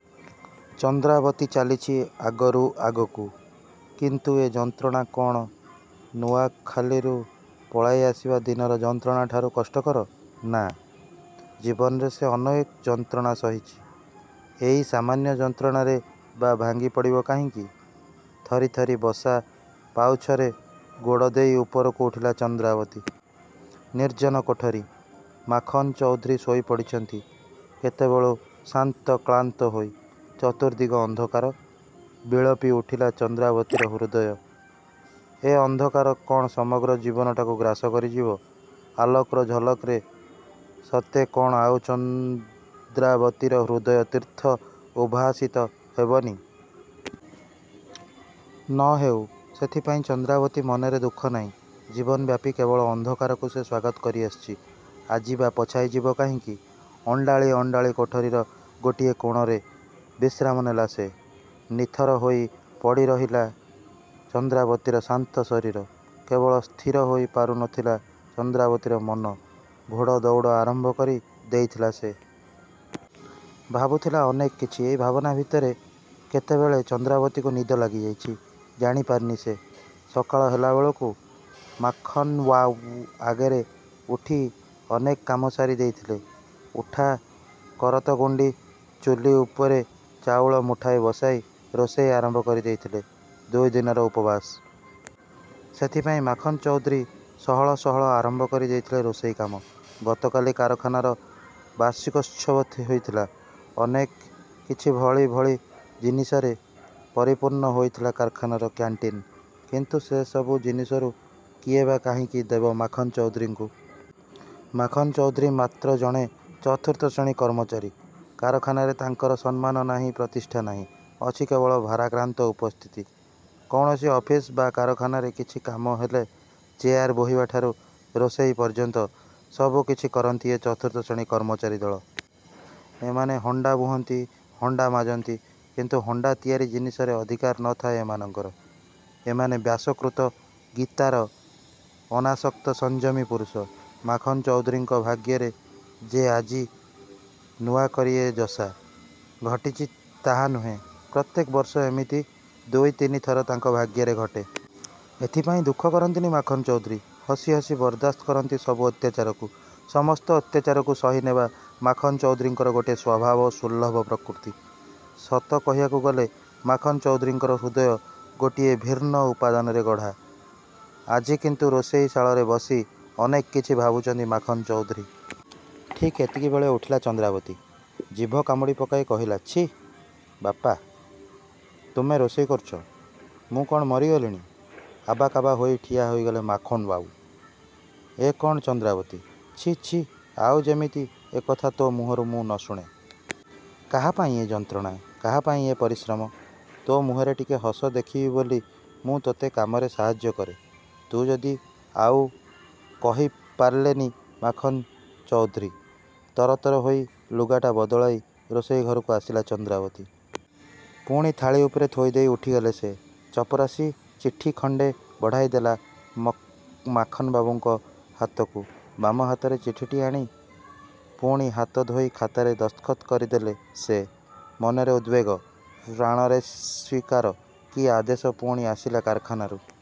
ଚନ୍ଦ୍ରାବତୀ ଚାଲିଛି ଆଗରୁ ଆଗକୁ। କିନ୍ତୁ ଏ ଯନ୍ତ୍ରଣା କ'ଣ ନୂଆଖାଲିରୁ ପଳାଇ ଆସିବା ଦିନର ଯନ୍ତ୍ରଣାଠାରୁ କଷ୍ଟକର। ନାଁ। ଜୀବନରେ ସେ ଅନେକ ଯନ୍ତ୍ରଣା ସହିଛି। ଏଇ ସାମାନ୍ୟ ଯନ୍ତ୍ରଣାରେ ବା ଭାଙ୍ଗି ପଡ଼ିବ କାହିଁକି? ଥରି ଥରି ବସା ପାଉଛରେ ଗୋଡ଼ ଦେଇ ଉପରକୁ ଉଠିଲା ଚନ୍ଦ୍ରାବତୀ। ନିର୍ଜନ କୋଠରୀ। ମାଖନ୍ ଚୌଧୁରୀ ଶୋଇ ପଡ଼ିଛନ୍ତି କେତେବେଳୁ ଶ୍ରାନ୍ତ କ୍ଲାନ୍ତ ହୋଇ। ଚତୁର୍ଦିଗ ଅନ୍ଧକାର, ବିଳପି ଉଠିଲା ଚନ୍ଦ୍ରାବତୀର ହୃଦୟ। ଏ ଅନ୍ଧକାର କ'ଣ ସମଗ୍ର ଜୀବନଟାକୁ ଗ୍ରାସ କରିଯିବ? ଆଲୋକର ଝଲକରେ ସତେ କ'ଣ ଆଉ ଚନ୍ଦ୍ରାବତୀର ହୃଦୟ ତୀର୍ଥ ଉଦ୍ଭାସିତ ହେବନି! ନ ହେଉ-ସେଥିପାଇଁ ଚନ୍ଦ୍ରାବତୀ ମନରେ ଦୁଃଖ ନାହିଁ। ଜୀବନବ୍ୟାପୀ କେବଳ ଅନ୍ଧକାରକୁ ସେ ସ୍ୱାଗତ କରି ଆସିଛି ଆଜି ବା ପଛାଇ ଯିବ କାହିଁକି? ଅଣ୍ଡାଳି ଅଣ୍ତାଳି କୋଠରୀର ଗୋଟିଏ କୋଣରେ ବିଶ୍ରାମ ନେଲା ସେ। ନିଥର ହୋଇ ପଡ଼ିରହିଲା ଚନ୍ଦ୍ରାବତୀର ଶ୍ରାନ୍ତ ଶରୀର। କେବଳ ସ୍ଥିର ହୋଇ ପାରୁ ନଥିଲା ଚନ୍ଦ୍ରାବତୀର ମନ, ଘୋଡ଼ଦଉଡ଼ ଆରମ୍ଭ କରି ଦେଇଥିଲା ସେ। ଭାବୁଥିଲା ଅନେକ କିଛି ଏଇ ଭାବନା ଭିତରେ କେତେବେଳେ ଚନ୍ଦ୍ରାବତୀକୁ ନିଦ ଲାଗିଯାଇଛି-ଜାଣି ପାରିନି ସେ। ସକାଳ ହେଲାବେଳକୁ ମାଖନ୍ବାବୁ ଆଗରୁ ଉଠି ଅନେକ କାମ ସାରି ଦେଇଥିଲେ। ଉଠା କରତଗୁଣ୍ଡି ଚୁଲୀ ଉପରେ ଚାଉଳ ମୁଠାଏ ବସାଇ ରୋଷେଇ ଆରମ୍ଭ କରି ଦେଇଥିଲେ। ଦୁଇ ଦିନର ଉପବାସ। ସେଇଥିପାଇଁ ମାଖନ୍ ଚୌଧୁରୀ ସହଳ ସହଳ ଆରମ୍ଭ କରି ଦେଇଥିଲେ ରୋଷେଇ କାମ। ଗତକାଲି କାରଖାନାର ବାର୍ଷିକୋତ୍ସବ ହୋଇଥିଲା। ଅନେକ କିଛି ଭଳି ଭଳି ଜିନିଷରେ ପରିପୂର୍ଣ୍ଣ ହୋଇଥିଲା କାରଖାନାର କ୍ୟାଣ୍ଟିନ୍। କିନ୍ତୁ ସେ ସବୁ ଜିନିଷରୁ କିଏ ବା କାହିଁକି ଦେବ ମାଖନ୍ ଚୌଧୁରୀଙ୍କୁ। ମାଖନ୍ ଚୌଧୁରୀ ମାତ୍ର ଜଣେ ଚତୁର୍ଥ ଶ୍ରେଣୀ କର୍ମଚାରୀ। କାରଖାନାରେ ତାଙ୍କର ସମ୍ମାନ ନାହିଁ ପ୍ରତିଷ୍ଠା ନାହିଁ.. ଅଛି କେବଳ ଭାରାକ୍ରାନ୍ତ ଉପସ୍ଥିତି। କୌଣସି ଅଫିସ ବା କାରଖାନାରେ କିଛି କାମ ହେଲେ ଚେୟାର ବୋହିବାଠାରୁ ରୋଷଇ ପର୍ଯ୍ୟନ୍ତ ସବୁ କିଛି କରନ୍ତି ଏ ଚତୁର୍ଥ ଶ୍ରେଣୀ କର୍ମଚାରୀ ଦଳ। ଏମାନେ ହଣ୍ଡା ବୁହନ୍ତି ହଣ୍ଡା ମାଜନ୍ତି-କିନ୍ତୁ ହଣ୍ଡା ତିଆରି ଜିନିଷରେ ଅଧିକାର ନ ଥାଏ ଏମାନଙ୍କର। ଏମାନେ ବ୍ୟାସକୃତ ଗୀତାର ଅନାସକ୍ତ ସଂଯମୀ ପୁରୁଷ। ମାଖନ ଚୌଧୁରୀଙ୍କ ଭାଗ୍ୟରେ ଯେ ଆଜି ନୂଆକରି ଏ ଯଶା। ଘଟିଛି ତାହା ନୁହେଁ ପ୍ରତ୍ୟେକ ବର୍ଷ ଏମିତି ଦୁଇ ତିନି ଥର ତାଙ୍କ ଭାଗ୍ୟରେ ଘଟେ। ଏଥିପାଇଁ ଦୁଃଖ କରନ୍ତିନି ମାଖନ୍ ଚୌଧୁରୀ। ହସି ହସି ବରଦାସ୍ତ କରନ୍ତି ସବୁ ଅତ୍ୟାଚାରକୁ। ସମସ୍ତ ଅତ୍ୟାଚାରକୁ ସହିନେବା ମାଖନ୍ ଚୌଧୁରୀଙ୍କର ଗୋଟିଏ ସ୍ୱଭାବ ସୁଲଭ ପ୍ରକୃତି। ସତ କହିବାକୁ ଗଲେ ମାଖନ୍ ଚୌଧୁରୀଙ୍କର ହୃଦୟ ଗୋଟିଏ ଭିନ୍ନ ଉପାଦାନରେ ଗଢ଼ା-। ଆଜି କିନ୍ତୁ ରୋଷେଇ ଶାଳରେ ବସି ଅନେକ କିଛି ଭାବୁଛନ୍ତି ମାଖନ୍ ଚୌଧୁରୀ। ଠିକ୍ ଏମିତିବେଳେ ଉଠିଲା ଚନ୍ଦ୍ରାବତୀ। ଜିଭ କାମୁଡ଼ି ପକାଇ କହିଲା-''ଛି ବାପା! ତୁମେ ରୋଷେଇ କରୁଛ ମୁଁ କ'ଣ ମରିଗଲିଣି? '' ଆବାକାବା ହୋଇ ଠିଆ ହୋଇଗଲେ ମାଖନ୍ବାବୁ। ''ଏ କ'ଣ ଚନ୍ଦ୍ରାବତୀ? ଛି ଛି ଆଉ ଯେମିତି ଏକଥା ତୋ ମୁହଁରୁ ମୁଁ ନ ଶୁଣେ। କାହାପାଇଁ ଏ ଯନ୍ତ୍ରଣା? କାହାପାଇଁ ଏ ପରିଶ୍ରମ? ତୋ ମୁହଁରେ ଟିକେ ହସ ଦେଖିବି ବୋଲି ମୁଁ ତୋତେ କାମରେ ସାହାଯ୍ୟ କରେ। ତୁ ଯଦି '' ଆଉ କହି ପାରିଲେନି ମାଖନ୍ ଚୌଧୁରୀ। ତରତର ହୋଇ ଲୁଗାଟା ବଦଳାଇ ରୋଷେଇ ଘରକୁ ଆସିଲା ଚନ୍ଦ୍ରାବତୀ। ପୁଣି ଥାଳି ଉପରେ ଥୋଇଦେଇ ଉଠିଗଲେ ସେ-। ଚପରାଶି ଚିଠି ଖଣ୍ଡେ ବଢ଼ାଇ ଦେଲା ମାଖନ୍ବାବୁଙ୍କ ହାତକୁ। ବାମ ହାତରେ ଚିଠିଟି ଆଣି ପୁଣି ହାତ ଧୋଇ ଖାତାରେ ଦସ୍ତଖତ କରି ଦେଲେ ସେ। ମନରେ ଉଦ୍ବେଗ ପ୍ରାଣରେ ଶୀତ୍କାର କି ଆଦେଶ ପୁଣି ଆସିଲା କାରଖାନାରୁ।